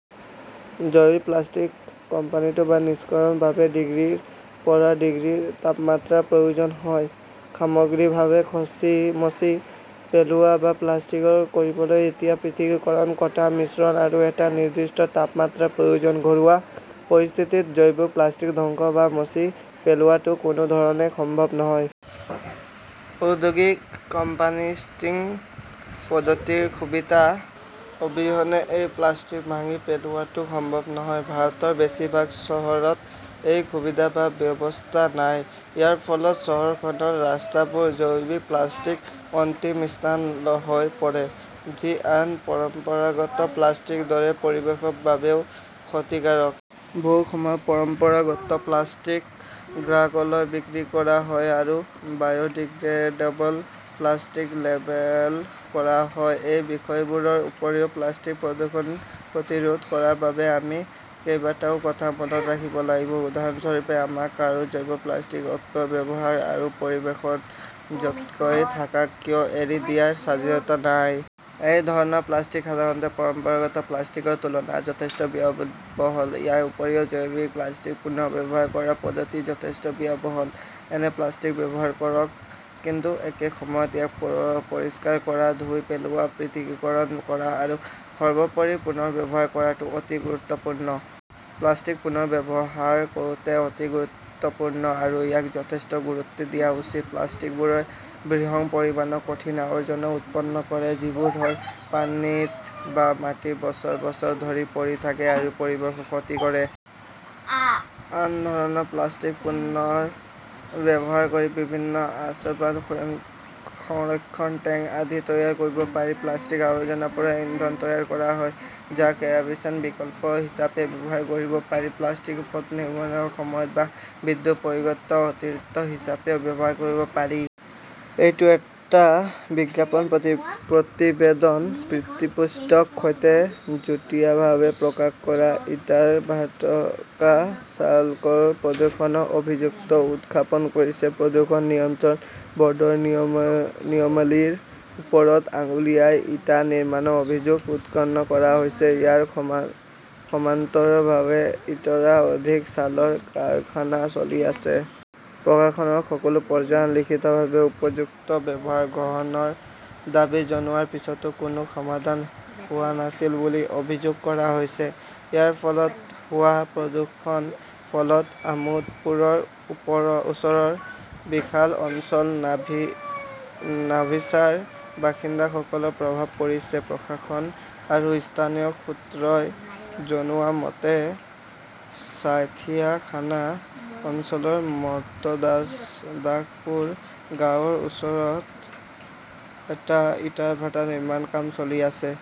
জৈৱিক প্লাষ্টিকৰ কম্পোষ্টিং বা নিষ্কাশনৰ বাবে ডিগ্ৰীৰ পৰা ডিগ্ৰীৰ তাপমাত্ৰাৰ প্ৰয়োজন হয়। সামগ্ৰিকভাৱে মচি পেলোৱা বা কম্পোষ্টিং কৰিবলৈ এতিয়াও পৃথকীকৰণ, কটা, মিশ্ৰণ আৰু এটা নিৰ্দিষ্ট তাপমাত্ৰাৰ প্ৰয়োজন। ঘৰুৱা পৰিস্থিতিত জৈৱিক প্লাষ্টিক ধ্বংস বা মচি পেলোৱাটো কোনো ধৰণে সম্ভৱ নহয়। ঔদ্যোগিক কম্পোষ্টিং পদ্ধতিৰ সুবিধা অবিহনে এই প্লাষ্টিক ভাঙি পেলোৱাটো সম্ভৱ নহয়। ভাৰতৰ বেছিভাগ চহৰত এই সুবিধা বা ব্যৱস্থা নাই। ইয়াৰ ফলত চহৰখনৰ ৰাস্তাবোৰ জৈৱিক প্লাষ্টিকৰ অন্তিম স্থান হৈ পৰে। যি আন পৰম্পৰাগত প্লাষ্টিকৰ দৰে পৰিৱেশৰ বাবেও ক্ষতিকাৰক। বহু সময়ত পৰম্পৰাগত প্লাষ্টিক গ্ৰাহকলৈ বিক্ৰী কৰা হয় আৰু বায়ডিগ্ৰেডেবল প্লাষ্টিক লেবেল কৰা হয়। এই বিষয়বোৰৰ উপৰিও প্লাষ্টিকৰ প্ৰদূষণ প্ৰতিৰোধ কৰাৰ বাবে আমি কেইবাটাও কথা মনত ৰাখিব লাগিব। উদাহৰণস্বৰূপে, আমাৰ কাৰো জৈৱ-প্লাষ্টিকৰ অপব্যৱহাৰ আৰু পৰিৱেশত য 'তেই থাকক কিয় এৰি দিয়াৰ স্বাধীনতা নাই। এই ধৰণৰ প্লাষ্টিক সাধাৰণ পৰম্পৰাগত প্লাষ্টিকৰ তুলনাত যথেষ্ট ব্যয়বহুল। ইয়াৰ উপৰিও জৈৱিক প্লাষ্টিক পুনৰ্ব্যৱহাৰ কৰাৰ পদ্ধতিও যথেষ্ট ব্যয়বহুল। এনে প্লাষ্টিক ব্যৱহাৰ কৰক। কিন্তু একে সময়তে ইয়াক পৰিষ্কাৰ কৰা, ধুই পেলোৱা, পৃথকীকৰণ কৰা আৰু সৰ্বোপৰি পুনৰ ব্যৱহাৰ কৰাটো অতি গুৰুত্বপূৰ্ণ। প্লাষ্টিক পুনৰ ব্যৱহাৰ কৰাটো অতি গুৰুত্বপূৰ্ণ আৰু ইয়াক যথেষ্ট গুৰুত্ব দিয়া উচিত। প্লাষ্টিকবোৰে বৃহৎ পৰিমাণৰ কঠিন আৱৰ্জনা উৎপন্ন কৰে যিবোৰ হয় পানীত বা মাটিত বছৰ বছৰ ধৰি পৰি থাকে আৰু পৰিৱেশৰ ক্ষতি কৰে। আন ধৰণৰ প্লাষ্টিক পুনৰ ব্যৱহাৰ কৰি বিভিন্ন আচবাব, সংৰক্ষণ টেংক আদি তৈয়াৰ কৰিব পাৰি। প্লাষ্টিকৰ আৱৰ্জনাৰ পৰা ইন্ধন তৈয়াৰ কৰা হয়, যাক কেৰোচিনৰ বিকল্প হিচাপে ব্যৱহাৰ কৰিব পাৰি। প্লাষ্টিক পথ নিৰ্মাণৰ সময়ত বা বিদ্যুৎ প্ৰকল্পসমূহত অতিৰিক্ত হিচাপেও ব্যৱহাৰ কৰিব পাৰি। এইটো এটা বিজ্ঞাপন প্ৰতিবেদন। পৃষ্ঠপোষকৰ সৈতে যুটীয়াভাৱে প্ৰকাশ কৰা। ইটাৰ ভাটকা-চালকসকলে প্ৰদূষণৰ অভিযোগ উত্থাপন কৰিছে প্ৰদূষণ নিয়ন্ত্ৰণ বৰ্ডৰ নিয়মাৱলীৰ ওপৰত আঙুলিয়াই ইটা নিৰ্মাণৰ অভিযোগ উত্থাপন কৰা হৈছে। ইয়াৰ সমান্তৰালভাৱে এটাৰো অধিক চালৰ কাৰখানা চলি আছে। প্ৰশাসনৰ সকলো পৰ্যায়ত লিখিতভাৱে উপযুক্ত ব্যৱস্থা গ্ৰহণৰ দাবী জনোৱাৰ পিছতো কোনো সমাধান হোৱা নাছিল বুলি অভিযোগ কৰা হৈছে। ইয়াৰ ফলত হোৱা প্ৰদূষণৰ ফলত আমোদপুৰৰ ওচৰৰ বিশাল অঞ্চলত নাভিছাৰ বাসিন্দাসকলৰ প্ৰভাৱ পৰিছিল। প্ৰশাসন আৰু স্থানীয় সূত্ৰই জনোৱা মতে, ছাইথিয়া থানা অঞ্চলৰ মৰ্তদাসপুৰ গাঁৱৰ ওচৰত এটা ইটাৰ ভাটা নিৰ্মাণৰ কাম চলি আছে।